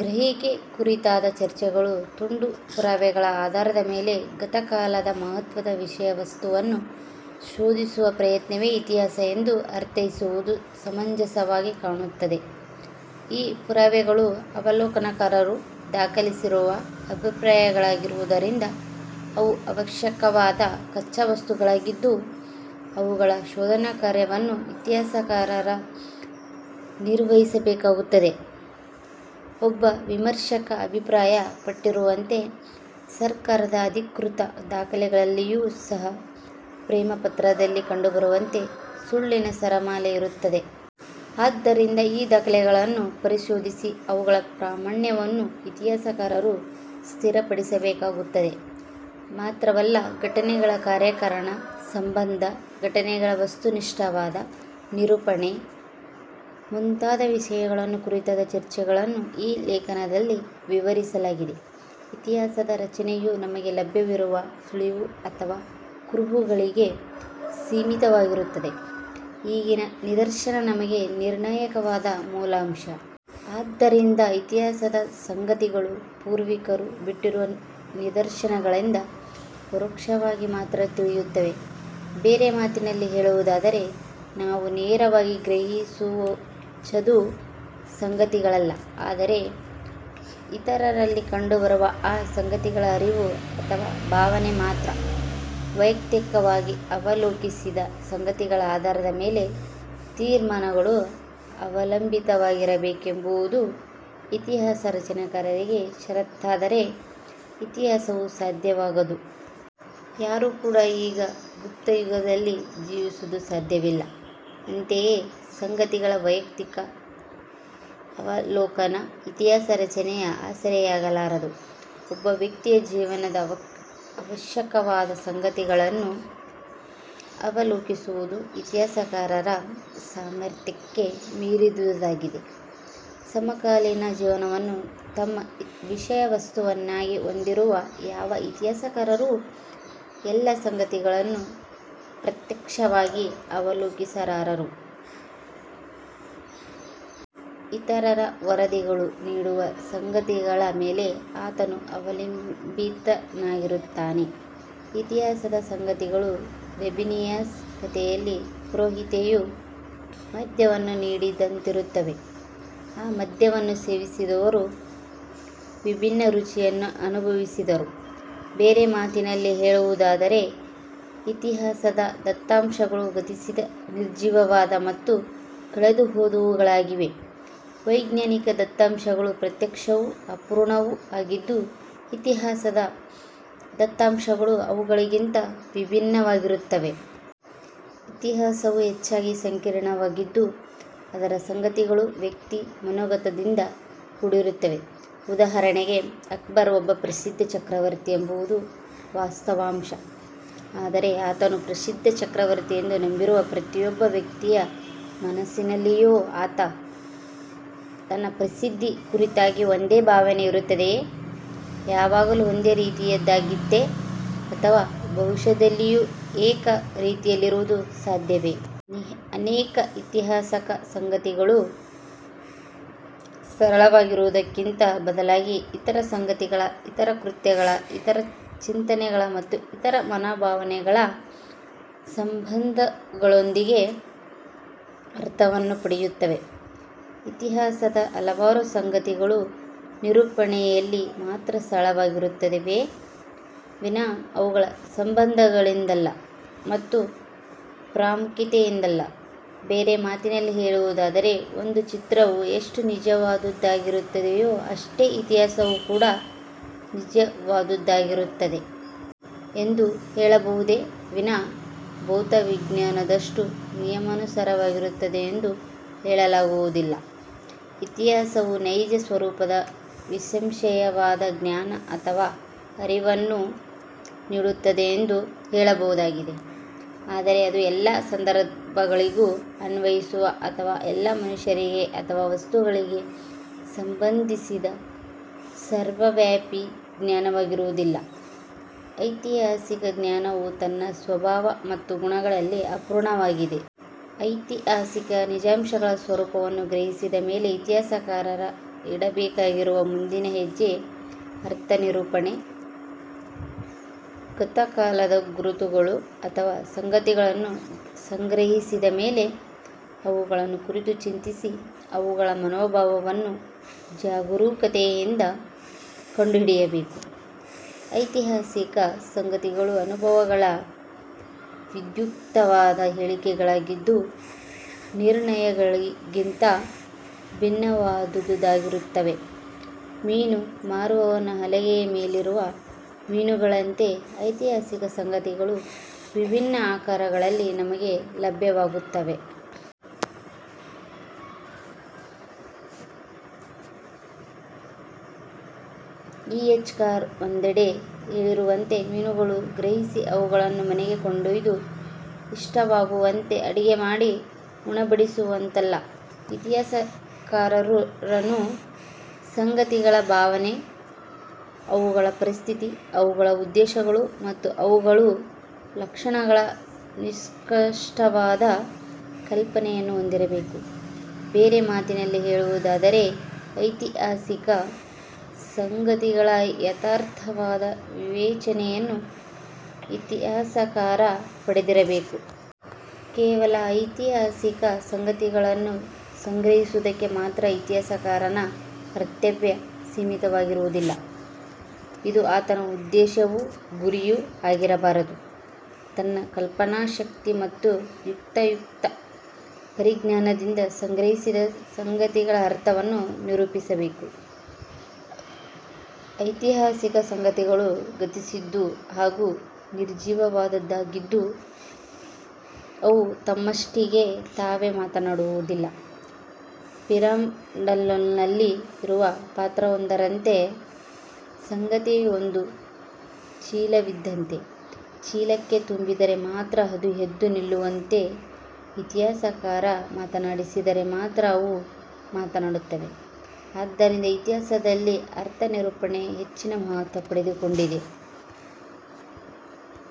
ಗ್ರಹಿಕೆ ಕುರಿತಾದ ಚರ್ಚೆಗಳು ತುಂಡು ಪುರಾವೆಗಳ ಆಧಾರದ ಮೇಲೆ ಗತಕಾಲದ ಮಹತ್ವದ ವಿಷಯ ವಸ್ತುವನ್ನು ಶೋಧಿಸುವ ಪ್ರಯತ್ನವೇ ಇತಿಹಾಸ ಎಂದು ಅರ್ಥೈಸುವುದು ಸಮಂಜಸವಾಗಿ ಕಾಣುತ್ತದೆ. ಈ ಪುರಾವೆಗಳು ಅವಲೋಕನಕಾರರು ದಾಖಲಿಸಿರುವ ಅಭಿಪ್ರಾಯಗಳಾಗಿರುವುದರಿಂದ, ಅವು ಅವಶ್ಯಕವಾದ ಕಚ್ಚಾವಸ್ತುಗಳಾಗಿದ್ದು, ಅವುಗಳ ಶೋಧನಾಕಾರ್ಯವನ್ನು ಇತಿಹಾಸಕಾರ ನಿರ್ವಹಿಸಬೇಕಾಗುತ್ತದೆ. ಒಬ್ಬ ವಿಮರ್ಶಕ ಅಭಿಪ್ರಾಯ ಪಟ್ಟಿರುವಂತೆ, ಸರ್ಕಾರದ ಅಧಿಕೃತ ದಾಖಲೆಗಳಲ್ಲಿಯೂ ಸಹ, ಪ್ರೇಮಪತ್ರದಲ್ಲಿ ಕಂಡುಬರುವಂತೆ, ಸುಳ್ಳಿನ ಸರಮಾಲೆ ಇರುತ್ತದೆ. ಆದ್ದರಿಂದ ಈ ದಾಖಲೆಗಳನ್ನು ಪರಿಶೋಧಿಸಿ ಅವುಗಳ ಪ್ರಾಮಾಣ್ಯವನ್ನು ಇತಿಹಾಸಕಾರರು ಸ್ಥಿರಪಡಿಸಬೇಕಾಗುತ್ತದೆ. ಮಾತ್ರವಲ್ಲ, ಘಟನೆಗಳ ಕಾರ್ಯಕಾರಣ ಸಂಬಂಧ, ಘಟನೆಗಳ ವಸ್ತುನಿಷ್ಠವಾದ ನಿರೂಪಣೆ ಮುಂತಾದ ವಿಷಯಗಳನ್ನು ಕುರಿತಾದ ಚರ್ಚೆಗಳನ್ನು ಈ ಲೇಖನದಲ್ಲಿ ವಿವರಿಸಲಾಗಿದೆ. ಇತಿಹಾಸದ ರಚನೆಯು ನಮಗೆ ಲಭ್ಯವಿರುವ ಸುಳಿವು ಅಥವಾ ಕುರುಹುಗಳಿಗೆ ಸೀಮಿತವಾಗಿರುತ್ತದೆ. ಈಗಿನ ನಿದರ್ಶನ ನಮಗೆ ನಿರ್ಣಾಯಕವಾದ ಮೂಲಾಂಶ. ಆದ್ದರಿಂದ ಇತಿಹಾಸದ ಸಂಗತಿಗಳು ಪೂರ್ವಿಕರು ಬಿಟ್ಟಿರುವ ನಿದರ್ಶನಗಳಿಂದ ಪರೋಕ್ಷವಾಗಿ ಮಾತ್ರ ತಿಳಿಯುತ್ತವೆ. ಬೇರೆ ಮಾತಿನಲ್ಲಿ ಹೇಳುವುದಾದರೆ ನಾವು ನೇರವಾಗಿ ಗ್ರಹಿಸುವುಚದು ಸಂಗತಿಗಳಲ್ಲ ಆದರೆ ಇತರರಲ್ಲಿ ಕಂಡುಬರುವ ಆ ಸಂಗತಿಗಳ ಅರಿವು ಅಥವ ಭಾವನೆ ಮಾತ್ರ. ವೈಯಕ್ತಿಕವಾಗಿ ಅವಲೋಕಿಸಿದ ಸಂಗತಿಗಳ ಆಧಾರದ ಮೇಲೆ ತೀರ್ಮಾನಗಳು ಅವಲಂಬಿತವಾಗಿರಬೇಕೆಂಬುದು ಇತಿಹಾಸ ರಚನಕಾರರಿಗೆ ಷರತ್ತಾದರೆ ಇತಿಹಾಸವು ಸಾಧ್ಯವಾಗದು. ಯಾರೂ ಕೂಡ ಈಗ ಗುಪ್ತಯುಗದಲ್ಲಿ ಜೀವಿಸುವುದು ಸಾಧ್ಯವಿಲ್ಲ. ಅಂತೆಯೇ ಸಂಗತಿಗಳ ವೈಯಕ್ತಿಕ ಅವಲೋಕನ ಇತಿಹಾಸ ರಚನೆಯ ಆಸರೆಯಾಗಲಾರದು. ಒಬ್ಬ ವ್ಯಕ್ತಿಯ ಜೀವನದ ಅವಶ್ಯಕವಾದ ಸಂಗತಿಗಳನ್ನು ಅವಲೋಕಿಸುವುದು ಇತಿಹಾಸಕಾರರ ಸಾಮರ್ಥ್ಯಕ್ಕೆ ಮೀರಿದುದಾಗಿದೆ. ಸಮಕಾಲೀನ ಜೀವನವನ್ನು ತಮ್ಮ ವಿಷಯ ವಸ್ತುವನ್ನಾಗಿ ಹೊಂದಿರುವ ಯಾವ ಇತಿಹಾಸಕಾರರೂ ಎಲ್ಲ ಸಂಗತಿಗಳನ್ನೂ ಪ್ರತ್ಯಕ್ಷವಾಗಿ ಅವಲೋಕಿಸಲಾರರು. ಇತರರ ವರದಿಗಳು ನೀಡುವ ಸಂಗತಿಗಳ ಮೇಲೆ ಆತನು ಅವಲಂಬಿತನಾಗಿರುತ್ತಾನೆ. ಇತಿಹಾಸದ ಸಂಗತಿಗಳು ರೆಬೆನಿಯಾಸ್ ಕಥೆಯಲ್ಲಿ ಪುರೋಹಿತೆಯು ಮದ್ಯವನ್ನು ನೀಡಿದಂತಿರುತ್ತವೆ. ಆ ಮದ್ಯವನ್ನು ಸೇವಿಸಿದವರು ವಿಭಿನ್ನ ರುಚಿಯನ್ನು ಅನುಭವಿಸಿದರು. ಬೇರೆ ಮಾತಿನಲ್ಲಿ ಹೇಳುವುದಾದರೆ ಇತಿಹಾಸದ ದತ್ತಾಂಶಗಳು ಗತಿಸಿದ ನಿರ್ಜೀವವಾದ ಮತ್ತು ಕಳೆದುಹೋದವುಗಳಾಗಿವೆ. ವೈಜ್ಞಾನಿಕ ದತ್ತಾಂಸಗಳು ಪ್ರತ್ಯಕ್ಷವೂ, ಅಪೂರ್ಣವೂ ಆಗಿದ್ದು ಇತಿಹಾಸದ ದತ್ತಾಂಶಗಳು ಅವುಗಳಿಗಿಂತ ವಿಭಿನ್ನವಾಗಿರುತ್ತವೆ. ಇತಿಹಾಸವು ಹೆಚ್ಚಾಗಿ ಸಂಕೀರ್ಣವಾಗಿದ್ದು ಅದರ ಸಂಗತಿಗಳು ವ್ಯಕ್ತಿ ಮನೋಗತದಿಂದ ಕೂಡಿರುತ್ತವೆ. ಉದಾಹರಣೆಗೆ, ಅಕ್ಬರ್ ಒಬ್ಬ ಪ್ರಸಿದ್ದ ಚಕ್ರವರ್ತಿ ಎಂಬುದು ವಾಸ್ತವಾಂಶ. ಆದರೆ, ಆತನು ಪ್ರಸಿದ್ಧ ಚಕ್ರವರ್ತಿ ಎಂದು ನಂಬಿರುವ ಪ್ರತಿಯೊಬ್ಬ ವ್ಯಕ್ತಿಯ ಮನಸ್ಸಿನಲ್ಲಿಯೂ ಆತನ ಪ್ರಸಿದ್ಧಿ ಕುರಿತಾಗಿ ಒಂದೇ ಭಾವನೆ ಇರುತ್ತದೆಯೇ? ಯಾವಾಗಲೂ ಒಂದೇ ರೀತಿಯದಾಗಿತ್ತೆ, ಅಥವಾ ಭವಿಷ್ಯದಲ್ಲಿಯೂ ಏಕ ರೀತಿಯಲ್ಲಿರುವುದು ಸಾಧ್ಯವೇ? ಅನೇಕ ಐತಿಹಾಸಿಕ ಸಂಗತಿಗಳು ಸರಳವಾಗಿರುವುದಕ್ಕಿಂತ ಬದಲಾಗಿ ಇತರ ಸಂಗತಿಗಳ, ಇತರ ಕೃತ್ಯಗಳ, ಇತರ ಚಿಂತನೆಗಳ ಮತ್ತು ಇತರ ಮನೋಭಾವನೆಗಳ ಸಂಬಂಧಗಳೊಂದಿಗೆ ಅರ್ಥವನ್ನು ಪಡೆಯುತ್ತವೆ. ಇತಿಹಾಸದ ಹಲವಾರು ಸಂಗತಿಗಳು ನಿರೂಪಣೆಯಲ್ಲಿ ಮಾತ್ರ ಸರಳವಾಗಿರುತ್ತವೆಯೇ ವಿನಾ ಅವುಗಳ ಸಂಬಂಧಗಳಿಂದಲ್ಲ ಮತ್ತು ಪ್ರಾಮುಖ್ಯತೆಯಿಂದಲ್ಲ. ಬೇರೆ ಮಾತಿನಲ್ಲಿ ಹೇಳುವುದಾದರೆ, ಒಂದು ಚಿತ್ರವು ಎಷ್ಟು ನಿಜವಾದುದಾಗಿರುತ್ತದೆಯೋ ಅಷ್ಟೇ ಇತಿಹಾಸವೂ ಕೂಡ ನಿಜವಾದುದಾಗಿರುತ್ತದೆ. ಎಂದು ಹೇಳಬಹುದೇ ವಿನಾ ಭೌತವಿಜ್ಞಾನದಷ್ಟು ನಿಯಮಾನುಸಾರವಾಗಿರುತ್ತದೆಂದು ಹೇಳಲಾಗುವುದಿಲ್ಲ. ಇತಿಹಾಸವು ನೈಜ ಸ್ವರೂಪದ ನಿಸ್ಸಂಶಯವಾದ ಜ್ಞಾನ ಅಥವಾ ಅರಿವನ್ನು ನೀಡುತ್ತದೆಂದು ಹೇಳಬಹುದಾಗಿದೆ. ಆದರೆ ಅದು ಎಲ್ಲ ಸಂದರ್ಭಗಳಿಗೂ ಅನ್ವಯಿಸುವ ಅಥವ ಎಲ್ಲ ಮನುಷ್ಯರಿಗೆ ಅಥವಾ ವಸ್ತುಗಳಿಗೆ ಸಂಬಂಧಿಸಿದ, ಸರ್ವವ್ಯಾಪಿ ಜ್ಞಾನವಾಗಿರುವುದಿಲ್ಲ. ಐತಿಹಾಸಿಕ ಜ್ಞಾನವು ತನ್ನ ಸ್ವಭಾವ ಮತ್ತು ಗುಣಗಳಲ್ಲಿ ಅಪೂರ್ಣವಾಗಿದೆ. ಐತಿಹಾಸಿಕ ನಿಜಾಂಶಗಳ ಸ್ವರೂಪವನ್ನು ಗ್ರಹಿಸಿದ ಮೇಲೆ ಇತಿಹಾಸಕಾರ ಇಡಬೇಕಾಗಿರುವ ಮುಂದಿನ ಹೆಜ್ಜೆ ಅರ್ಥನಿರೂಪಣೆ. ಗತಕಾಲದ ಗುರುತುಗಳು ಅಥವ ಸಂಗತಿಗಳನ್ನು ಸಂಗ್ರಹಿಸಿದ ಮೇಲೆ ಅವುಗಳನ್ನು ಕುರಿತು ಚಿಂತಿಸಿ ಅವುಗಳ ಮನೋಭಾವವನ್ನು ಜಾಗರೂಕತೆಯಿಂದ ಕಂಡುಹಿಡಿಯಬೇಕು. ಐತಿಹಾಸಿಕ ಸಂಗತಿಗಳು ಅನುಭವಗಳ ವಿಧ್ಯುಕ್ತವಾದ ಹೇಳಿಕೆಗಳಾಗಿದ್ದು ನಿರ್ಣಯಗಳಿಗಿಂತ ಭಿನ್ನವಾದುದಾಗಿರುತ್ತವೆ. ಮೀನು ಮಾರುವವನ ಹಲಗೆಯ ಮೇಲಿರುವ ಮೀನುಗಳಂತೆ ಐತಿಹಾಸಿಕ ಸಂಗತಿಗಳು ವಿಭಿನ್ನ ಆಕಾರಗಳಲ್ಲಿ ನಮಗೆ ಲಭ್ಯವಾಗುತ್ತವೆ. ಇ. ಎಚ್. ಕಾರ್ ಒಂದೆಡೆ ಹೇಳಿರುವಂತೆ, ಮೀನುಗಳನ್ನು ಸಂಗ್ರಹಿಸಿ, ಅವುಗಳನ್ನು ಮನೆಗೆ ಕೊಂಡೊಯ್ದು ಇಷ್ಟವಾಗುವಂತೆ ಅಡಿಗೆ ಮಾಡಿ ಉಣಬಡಿಸುವಂತಲ್ಲ ಇತಿಹಾಸಕಾರನು ಸಂಗತಿಗಳ ಭಾವನೆ ಅವುಗಳ ಪರಿಸ್ಥಿತಿ ಅವುಗಳ ಉದ್ದೇಶಗಳು ಮತ್ತು ಅವುಗಳು ಲಕ್ಷಣಗಳ ನಿಷ್ಕೃಷ್ಟವಾದ ಕಲ್ಪನೆಯನ್ನು ಹೊಂದಿರಬೇಕು. ಬೇರೆ ಮಾತಿನಲ್ಲಿ ಹೇಳುವುದಾದರೆ. ಐತಿಹಾಸಿಕ ಸಂಗತಿಗಳ ಯಥಾರ್ಥ ವಾದ ವಿವೇಚನೆಯನ್ನು ಇತಿಹಾಸಕಾರ ಪಡೆದಿರಬೇಕು. ಕೇವಲ ಐತಿಹಾಸಿಕ ಸಂಗತಿಗಳನ್ನು ಸಂಗ್ರಹಿಸುವುದಕ್ಕೆ ಮಾತ್ರ ಇತಿಹಾಸಕಾರನ ಕರ್ತವ್ಯ ಸೀಮಿತವಾಗಿರುವುದಿಲ್ಲ. ಇದು ಆತನ ಉದ್ದೇಶವೂ, ಗುರಿಯೂ ಆಗಿರಬಾರದು. ತನ್ನ ಕಲ್ಪನಾಶಕ್ತಿ ಮತ್ತು ಯುಕ್ತಾಯುಕ್ತ ಪರಿಜ್ಞಾನದಿಂದ ಸಂಗ್ರಹಿಸಿದ ಸಂಗತಿಗಳ ಅರ್ಥವನ್ನು ನಿರೂಪಿಸಬೇಕು. ಐತಿಹಾಸಿಕ ಸಂಗತಿಗಳು ಗತಿಸಿದ್ದು ಹಾಗೂ ನಿರ್ಜೀವವಾದವಾಗಿದ್ದು ಅವು ತಮ್ಮಷ್ಟಿಗೆ ತಾವೇ ಮಾತನಾಡುವುದಿಲ್ಲ. ಪಿರಾಂಡಲ್ಲೊನಲ್ಲಿ ಬರುವ ಪಾತ್ರವೊಂದರಂತೆ, ಸಂಗತಿ ಒಂದು ಚೀಲವಿದ್ದಂತೆ ಚೀಲಕ್ಕೆ ತುಂಬಿದರೆ ಮಾತ್ರ ಅದು ಎದ್ದು ನಿಲ್ಲುವಂತೆ ಇತಿಹಾಸಕಾರ ಮಾತನಾಡಿಸಿದರೆ ಮಾತ್ರ ಅವು ಮಾತನಾಡುತ್ತವೆ. ಆದ್ದರಿಂದ ಇತಿಹಾಸದಲ್ಲಿ ಅರ್ಥನಿರೂಪಣೆ ಹೆಚ್ಚಿನ ಮಹತ್ವ ಪಡೆದುಕೊಂಡಿದೆ.